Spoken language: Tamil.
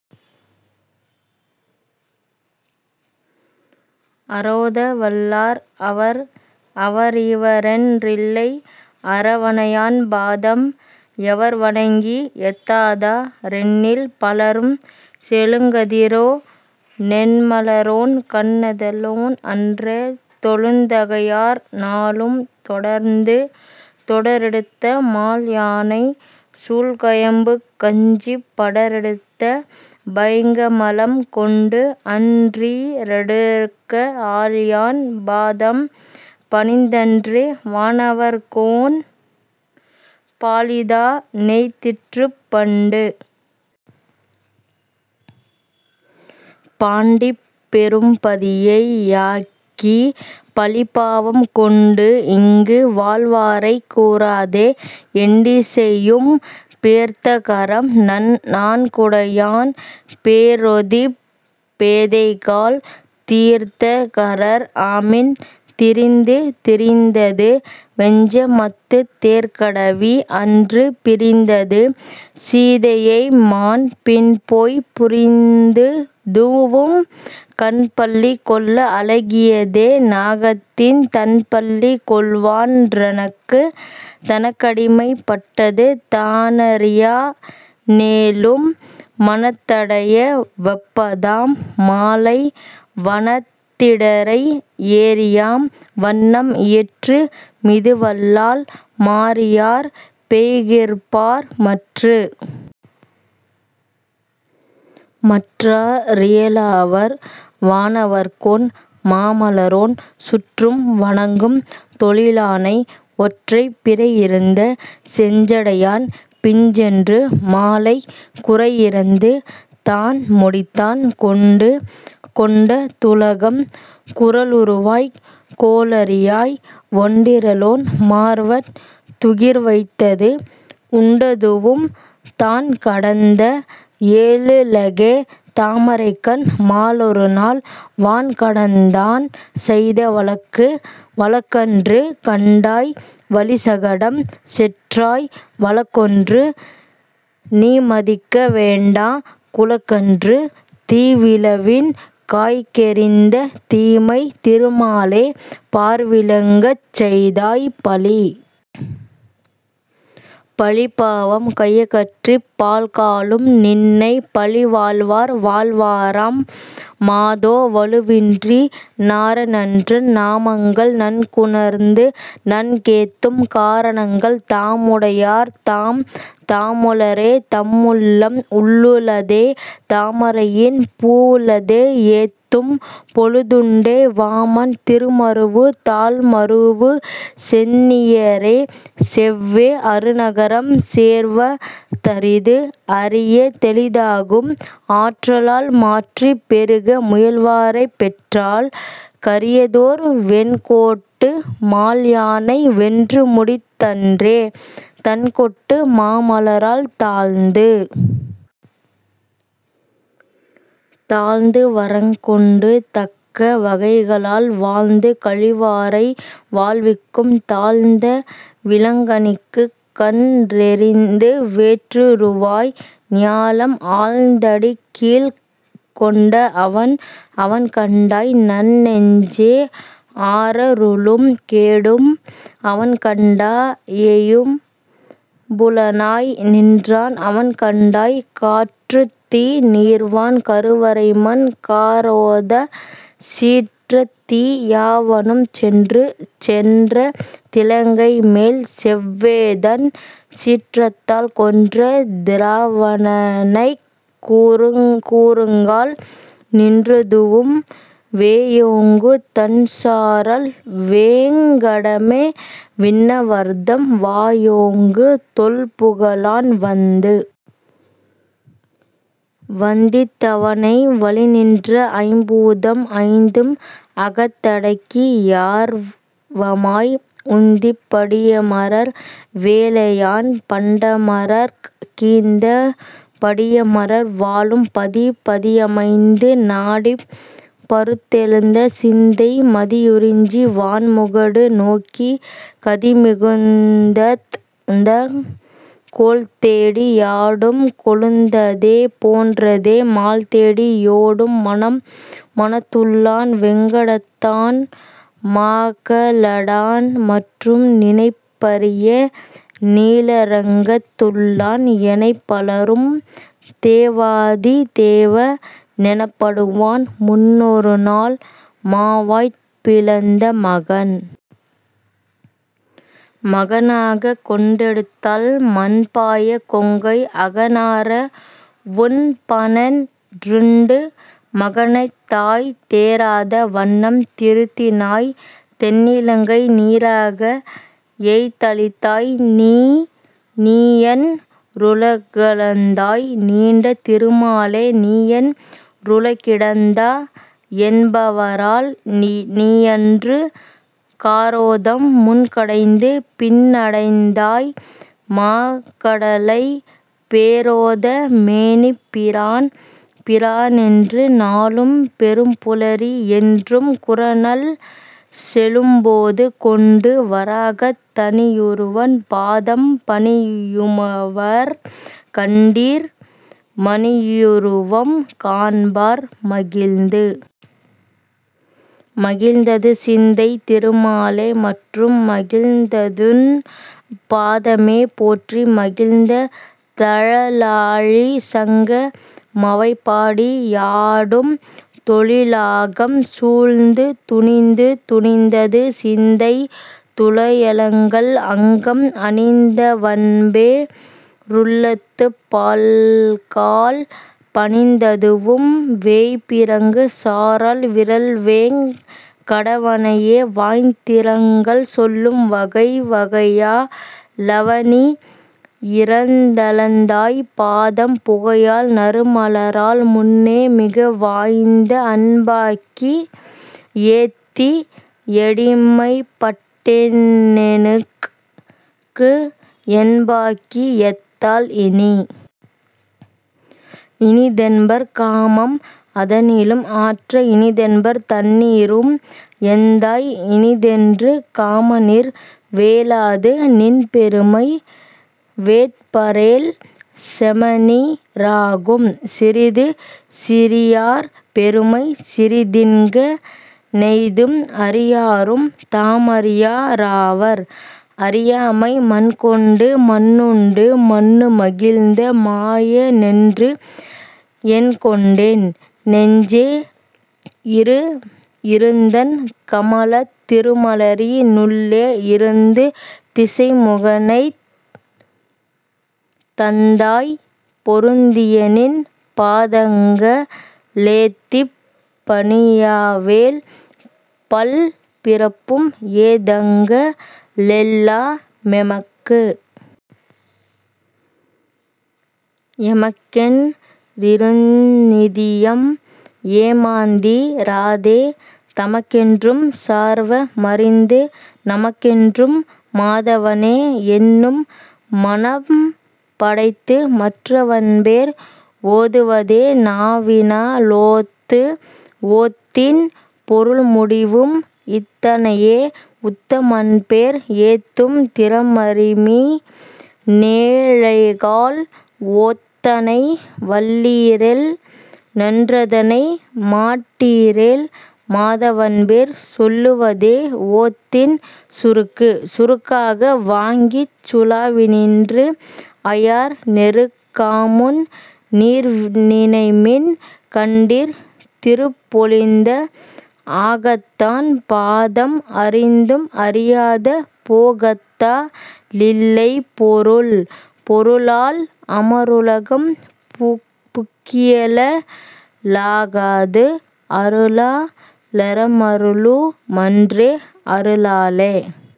ஆரோத வல்லார் அவர்? அவரிவரென் றில்லை அரவணையான் பாதம், எவர்வணங்கி யேத்தாதா ரெண்ணில், பலரும் செழுங்கதிரோ னெண்மலரோன் கண்ணுதலோன் அன்றே தொழுந்தகையார் நாளும் தொடர்ந்து? தொடரெடுத்த மால்யானை சூழ்கயம்புக் கஞ்சிப் படரெடுத்த பைங்கமலம் கொண்டு, அன் றிடரடுக்க ஆழியான் பாதம் பணிந்தன்றே, வானவர்கோன் பாழிதா னெய்திற்றுப் பண்டு? பண்டிப் பெரும்பதியை யாக்கி பழிபாவம் கொண்டுஇங்கு வாழ்வாரைக் கூறாதே, எண்டிசையும் பேர்த்தகரம் நான்குடையான் பேரோதிப் பேதைகாள் தீர்த்தகரர் ஆமின் திரிந்து. திரிந்தது வெஞ்சமத்துத் தேர்கடவி, அன்று பிரிந்தது சீதையைமான் பின்போய், புரிந்ததுவும் கண்பள்ளி கொள்ள அழகியதே, நாகத்தின் தண்பள்ளி கொள்வான் றனக்கு. தனக்கடிமை பட்டது தானறியா னேலும் மனத்தடைய வைப்பதாம் மாலை, வனத்திடரை ஏரியாம் வண்ணம் இயற்று மிதுவல்லால், மாரியார் பெய்கிற்பார் மற்று? மற்றா ரியலாவர் வானவர்கோன் மாமலரோன், சுற்றும் வணங்கும் தொழிலானை, ஒற்றைப் பிறையிருந்த செஞ்சடையான் பிஞ்சென்று, மாலைக் குறையிரந்து தான்முடித்தான் கொண்டு. கொண்ட துலகம் குறளுருவாய்க் கோளரியாய், ஒண்டிறலோன் மார்வத் துகிர்வைத்தது உண்டதுவும் தான்கடந்த ஏழுலகே தாமரைக்கண் மாலொருநாள், வான்கடந்தான் செய்த வழக்கு. வழக்கன்று கண்டாய் வலிசகடம் செற்றாய், வழக்கொன்று நீமதிக்க வேண்டா, குழக்கன்று தீவிளவின் காய்க்கெறிந்த தீமை திருமாலே, பார்விளங்கச் செய்தாய் பழி. பழிபாவம் கையகற்றிப் பல்காலும் நின்னை, வழிவாழ்வார் வாழ்வராம் மாதோ, வழுவின்றி நாரணன்றன் நாமங்கள் நன்குணர்ந்து நன்கேத்தும், காரணங்கள் தாமுடையார் தாம். தாமுளரே தம்முள்ளம் உள்ளுளதே, தாமரையின் பூவுளதே யேத்தும் பொழுதுண்டே, வாமன் திருமருவு தாள்மரூவு சென்னியரே, செவ்வே அருநரகம் சேர்வ தரிது. அரிய தெளிதாகும் ஆற்றலால் மாற்றி, பெருக முயல்வாரைப் பெற்றால், கரியதோர் வெண்கோட்டு மால்யானை வென்றுமுடித் தன்றே, தண்கோட்டு மாமலரால் தாழ்ந்து? தாழ்ந்துவரங் கொண்டு தக்க வகைகளால் வாழ்ந்து கழிவாரை வாழ்விக்கும், தாழ்ந்த விளங்கனிக்குக் கன்றெறிந்து வேற்றுருவாய், ஞாலம் அளந்தடிக்கீழ்க் கொண்ட அவன். அவன்கண்டாய் நன்னெஞ்சே. ஆரருளும் கேடும், அவன்கண்டா யைம்புலனாய் நின்றான், அவன்கண்டாய் காற்றுத்தீ நீர்வான் கருவரைமண் காரோத, சீற்றத்தீ யாவானும் சென்று. சென்ற திலங்கைமேல் செவ்வேதன் சீற்றத்தால், கொன்ற திராவணனைக் கூறுங்கால், நின்றதுவும் வேயோங்கு தண்சாரல் வேங்கடமே, விண்ணவர்தம் வாயோங்கு தொல்புகழான் வந்து. வந்தித் தவனை வழிநின்ற ஐம்பூதம் ஐந்தும் அகத்தடக்கி யார்வமாய், உந்திப் படியமரர் வேலையான் பண்டமரர்க் கீந்த, படியமரர் வாழும் பதி. பதியமைந்து நாடிப் பருத்தெழுந்த சிந்தை, மதியுரிஞ்சி வான்முகடு நோக்கி கதிமிகுத்தங் கோல்தேடி யாடும் கொழுந்ததே போன்றதே, மால்தேடி யோடும் மனம். மனத்துள்ளான் வேங்கடத்தான் மாகடலான், மற்றும் நினைப்பரிய நீளரங்கத் துள்ளான், எனைப்பலரும் தேவாதி தேவ னெனப்படுவான், முன்னொருனாள் மாவாய் பிளந்த மகன். மகனாகக் கொண்டெடுத்தாள் மாண்பாய கொங்கை, அகனார வுண்பனென் றுண்டு, மகனைத்தாய் தேறாத வண்ணம் திருத்தினாய், தென்னிலங்கை நீறாக எய்தழித்தாய் நீ. நீயன் றுலகளந்தாய் நீண்ட திருமாலே, நீயன் றுலகிடந்தா யென்பரால், நீயன்று காரோதம் முன்கடைந்து பின்னடைத்தாய் மாகடலை, பேரோத மேனிப் பிரான். பிரானென்று நாளும் பெரும்புலரி யென்றும், குராநல் செழும்போது கொண்டு, வராகத் தணியுருவன் பாதம் பணியுமவர் கண்டீர், மணியுருவம் காண்பார் மகிழ்ந்து. மகிழ்ந்தது சிந்தை திருமாலே, மற்றும் மகிழ்ந்ததுன் பாதமே போற்றி, மகிழ்ந்த தழலாழி சங்க மவைபாடி யாடும், தொழிலாகம் சூழ்ந்து துணிந்து. துணிந்தது சிந்தை துழாயலங்கல், அங்கம் அணிந்தவன்பே ருள்ளத்துப் பல்கால், பணிந்ததுவும் வேய்பிறங்கு சாரல் விறல்வேங் கடவனையே, வாய்திறங்கள் சொல்லும் வகை. வகையா லவனி யிரந்தளந்தாய் பாதம், புகையால் நறுமலாரால் முன்னே, மிகவாய்ந்த அன்பாக்கி யேத்தி யடிமைப்பட்டேனுனக்கு, என்பாக்கி யத்தால் இனி. இனிதென்பர் காமம் அதனிலும் ஆற்ற, இனிதென்பர் தண்ணீரும் எந்தாய், இனிதென்று காமநீர் வேளாது நின்பெருமை வேட்பரேல், சேமநீ ராகும் சிறிது. சிறியார் பெருமை சிறிதின்க ணெய்தும், அறியாரும் தாமறியா ராவர், அறியாமை மண்கொண்டு மண்ணுண்டு மண்ணுமிழ்ந்த மாயனென்று, எண்கொண்டேன் னெஞ்சே. இரு. இருந்தண் கமலத் திருமலரி னுள்ளே, திருந்து திசைமுகனைத் தந்தாய், பொருந்தியநின் பாதங்க ளேத்திப் பணியாவேல், பல்பிறப்பும் ஏதங்க ளெல்லா மெமக்கு. எமக்கென் றிருநிதியம் ஏமாந்தி ராதே, தமக்கென்றும் சார்வ மறிந்து, நமக்கென்றும் மாதவனே யென்னும் மனம்படைத்து மற்றவன்பேர் ஓதுவதே நாவினா லோத்து. ஓத்தின் பொருள்முடிவும் இத்தனையே, உத்தமன்பேர் ஏத்தும் திறமறிமி னேழைகாள், ஓத்தனை வல்லீரேல் நன்றதனை மாட்டீரேல், மாதவன்பேர் சொல்லுவதே ஓத்தின் சுருக்கு. சுருக்காக வாங்கிச் சுலாவினின்று ஐயார் நெருக்காமுன் நீர்நினைமின் கண்டீர், திருப்பொலிந்த ஆகத்தான் பாதம் அறிந்தும், அறியாத போகத்தா லில்லை பொருள். பொருளால் அமருலகம் புக்கியல லாகாது அருளா லறமருளு மன்றே, அருளாலே।